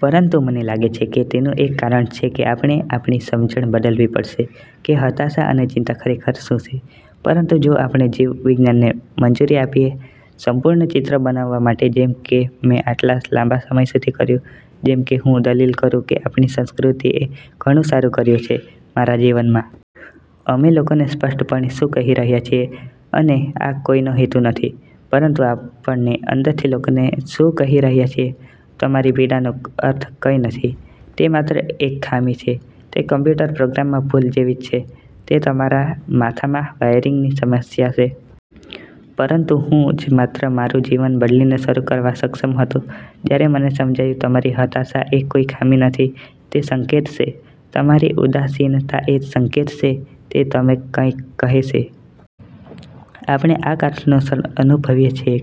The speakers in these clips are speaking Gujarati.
પરંતુ મને લાગે છે કે તેનું એક કારણ છે કે આપણે આપણી સમજણ બદલવી પડશે કે હતાશા અને ચિંતા ખરેખર શું છે. પરંતુ જો આપણે જીવ વિજ્ઞાનને મંજૂરી આપીએ સંપૂર્ણ ચિત્ર બનવા માટે, જેમ કે મેં આટલા લાંબા સમય સુધી કર્યું, જેમ કે હું દલીલ કરું કે આપણી સંસ્કૃતિએ ઘણું સારું કર્યું છે મારા જીવનમાં. અમે લોકોને સ્પષ્ટપણે શું કહી રહ્યા છીએ છે અને આ કોઈનો હેતુ નથી, પરંતુ આપને અંદરથી લોકોને શું કહી રહ્યા છીએ, "તમારી પીડા નો અર્થ કંઈ નથી. તે માત્ર એક ખામી છે. તે કમ્પ્યુટર પ્રોગ્રામમાં ભૂલ જેવી છે, તે તમારા માથામાં વાયરિંગની સમસ્યા છે." પરંતુ હું જ માત્ર મારું જીવન બદલીને શરૂ કરવા સક્ષમ હતો જ્યારે મને સમજાયું તમારી હતાશા એ કોઈ ખામી નથી. તે સંકેત છે. તમારી ઉદાસીનતા એ સંકેત છે. તે તમને કંઈક કહે છે. આપણે આ કારણોસર અનુભવીએ છીએ,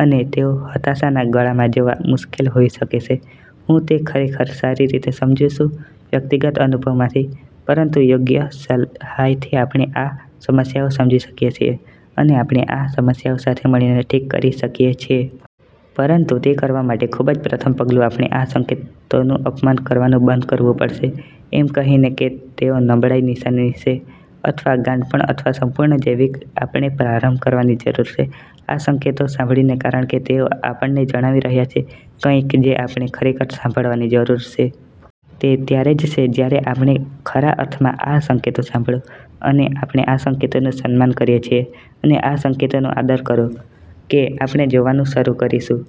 અને તેઓ હતાશાના ગળામાં જોવા મુશ્કેલ હોઈ શકે છે. હું તે ખરેખર સારી રીતે સમજું છું વ્યક્તિગત અનુભવ માંથી. પરંતુ યોગ્ય સહાયથી આપણે આ સમસ્યાઓ સમજી શકીએ છીએ અને આપણે આ સમસ્યાઓ સાથે મળીને ઠીક કરી શકીએ છીએ. પરંતુ તે કરવા માટે ખૂબ જ પ્રથમ પગલું આપણે આ સંકેતોનું અપમાન કરવાનું બંધ કરવું પડશે એમ કહીને કે તેઓ નબળાઇની નિશાની છે અથવા ગાંડપણ અથવા સંપૂર્ણ જૈવિક. આપણે પ્રારંભ કરવાની જરૂર છે આ સંકેતો સાંભળીને કારણ કે તેઓ આપણને જણાવી રહ્યાં છે કંઈક જે આપણે ખરેખર સાંભળવાની જરૂર છે. તે ત્યારે જ છે જ્યારે આપણે ખરા અર્થમાં આ સંકેતો સાંભળો, અને આપણે આ સંકેતોનું સન્માન કરીએ છીએ અને આ સંકેતોનો આદર કરો, કે આપણે જોવાનું શરૂ કરીશું.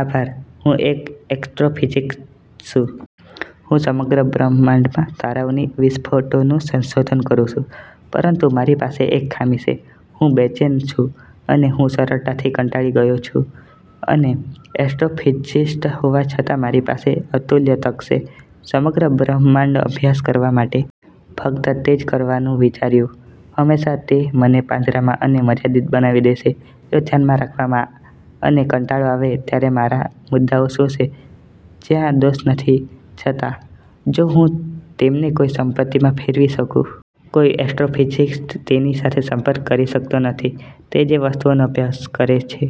આભાર. હું એક એસ્ટ્રોફિઝિસ્ટ છું. હું સમગ્ર બ્રહ્માંડમાં તારાઓની વિસ્ફોટોનું સંશોધન કરું છું. પરંતુ મારી પાસે એક ખામી છે. હું બેચેન છું, અને હું સરળતાથી કંટાળી ગયો છું. અને એસ્ટ્રોફિઝિસ્ટ હોવા છતાં મારી પાસે અતુલ્ય તક છે સમગ્ર બ્રહ્માંડનો અભ્યાસ કરવા માટે. ફક્ત તે જ કરવાનું વિચાર્યું. હંમેશાં તે મને પાંજરામાં અને મર્યાદિત બનાવી દે છે. જો ધ્યાન રાખવામાં અને કંટાળો આવે ત્યારે મારા મુદ્દાઓ શું છે જ્યાં દોષ નથી, છતાં? જો હું તેમને કોઈ સંપત્તિમાં ફેરવી શકું? કોઈ એસ્ટ્રોફિઝિસ્ટ તેની સાથે સંપર્ક કરી શકતો નથી તે જે વસ્તુઓનો અભ્યાસ કરે છે.